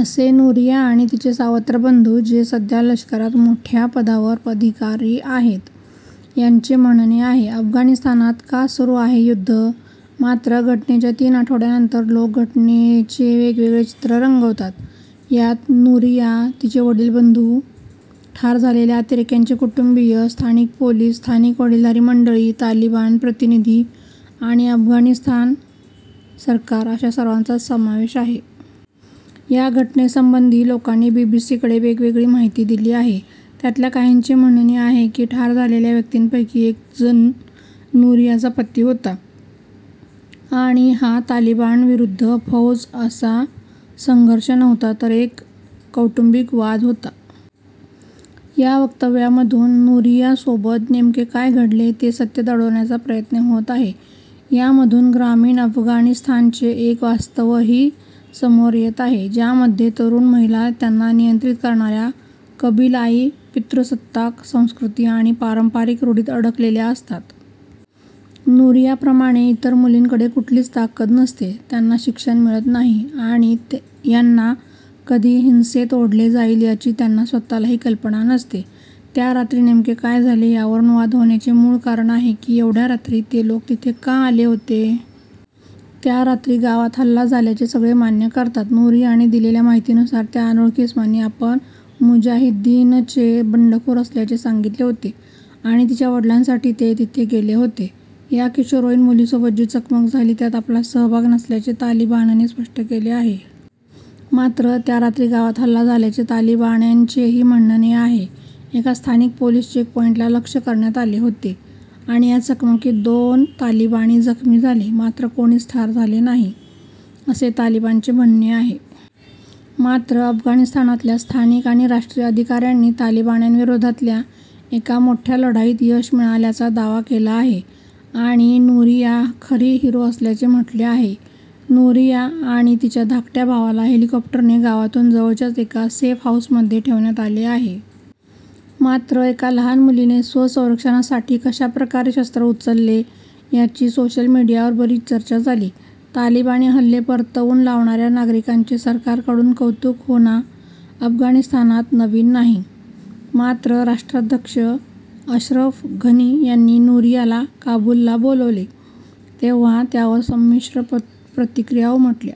असे नूरिया आणि तिचे सावत्र बंधू, जे सध्या लष्करात मोठ्या पदावर अधिकारी आहेत, यांचे म्हणणे आहे. अफगाणिस्तानात का सुरू आहे युद्ध? मात्र, घटनेच्या तीन आठवड्यांनंतर लोक घटनेचे वेगवेगळे चित्र रंगवतात. यात नूरिया, तिचे वडीलबंधू, ठार झालेल्या अतिरेक्यांचे कुटुंबीय, स्थानिक पोलीस, स्थानिक वडीलधारी मंडळी, तालिबान प्रतिनिधी आणि अफगाणिस्तान सरकार अशा सर्वांचाच समावेश आहे. या घटनेसंबंधी लोकांनी बीबीसीकडे वेगवेगळी माहिती दिली आहे. त्यातल्या काहींचे म्हणणे आहे की, ठार झालेल्या व्यक्तींपैकी एक जण नूरियाचा पती होता आणि हा तालिबानविरुद्ध फौज असा संघर्ष नव्हता तर एक कौटुंबिक वाद होता. या वक्तव्यांमधून नूरियासोबत नेमके काय घडले, ते सत्य दडवण्याचा प्रयत्न होत आहे. यामधून ग्रामीण अफगाणिस्तानचे एक वास्तवही समोर येत आहे, ज्यामध्ये तरुण महिला त्यांना नियंत्रित करणाऱ्या कबिलाई-पितृसत्ताक संस्कृती आणि पारंपरिक रूढींत अडकलेल्या असतात. नूरियाप्रमाणे इतर मुलींकडे कुठलीच ताकद नसते. त्यांना शिक्षण मिळत नाही आणि यांना कधी हिंसेत ओढले जाईल, याची त्यांना स्वतःलाही कल्पना नसते. त्या रात्री नेमके काय झाले, यावरून वाद होण्याचे मूळ कारण आहे की, एवढ्या रात्री ते लोक तिथे का आले होते? त्या रात्री गावात हल्ला झाल्याचे सगळे मान्य करतात. नूरियाने दिलेल्या माहितीनुसार त्या अनोळखी इसमांनी आपण मुजाहिद्दीनचे बंडखोर असल्याचे सांगितले होते आणि तिच्या वडिलांसाठी ते तिथे गेले होते. या किशोरवयीन मुलीसोबत जी चकमक झाली त्यात आपला सहभाग नसल्याचे तालिबानने स्पष्ट केले आहे. मात्र, त्या रात्री गावात हल्ला झाल्याचे तालिबान्यांचेही म्हणणे आहे. एका स्थानिक पोलीस चेक पॉईंटला लक्ष्य करण्यात आले होते आणि या चकमकीत दोन तालिबानी जखमी झाले. मात्र, कोणीच ठार झाले नाही, असे तालिबानचे म्हणणे आहे. मात्र, अफगाणिस्तानातल्या स्थानिक आणि राष्ट्रीय अधिकाऱ्यांनी तालिबान्यांविरोधातल्या एका मोठ्या लढाईत यश मिळाल्याचा दावा केला आहे आणि नूरिया खरी 'हिरो' असल्याचे म्हटले आहे. नूरिया आणि तिच्या धाकट्या भावाला हेलिकॉप्टरने गावातून जवळच्याच एका सेफ हाऊसमध्ये ठेवण्यात आले आहे. मात्र, एका लहान मुलीने स्वसंरक्षणासाठी कशाप्रकारे शस्त्र उचलले, याची सोशल मीडियावर बरीच चर्चा झाली. तालिबानी हल्ले परतवून लावणाऱ्या नागरिकांचे सरकारकडून कौतुक होना अफगाणिस्तानात नवीन नाही. मात्र, राष्ट्राध्यक्ष अशरफ घनी यांनी नूरियाला काबूलला बोलावले, तेव्हा त्यावर संमिश्र प्रतिक्रिया उमटल्या.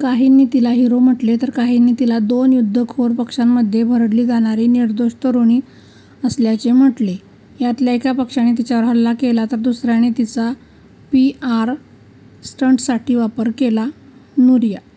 काहींनी तिला 'हिरो' म्हटले तर काहींनी तिला 'दोन युद्धखोर पक्षांमध्ये भरडली जाणारी निर्दोष तरुणी' असल्याचे म्हटले. यातल्या एका पक्षाने तिच्यावर हल्ला केला तर दुसऱ्याने तिचा पीआर स्टंटसाठी वापर केला. नूरिया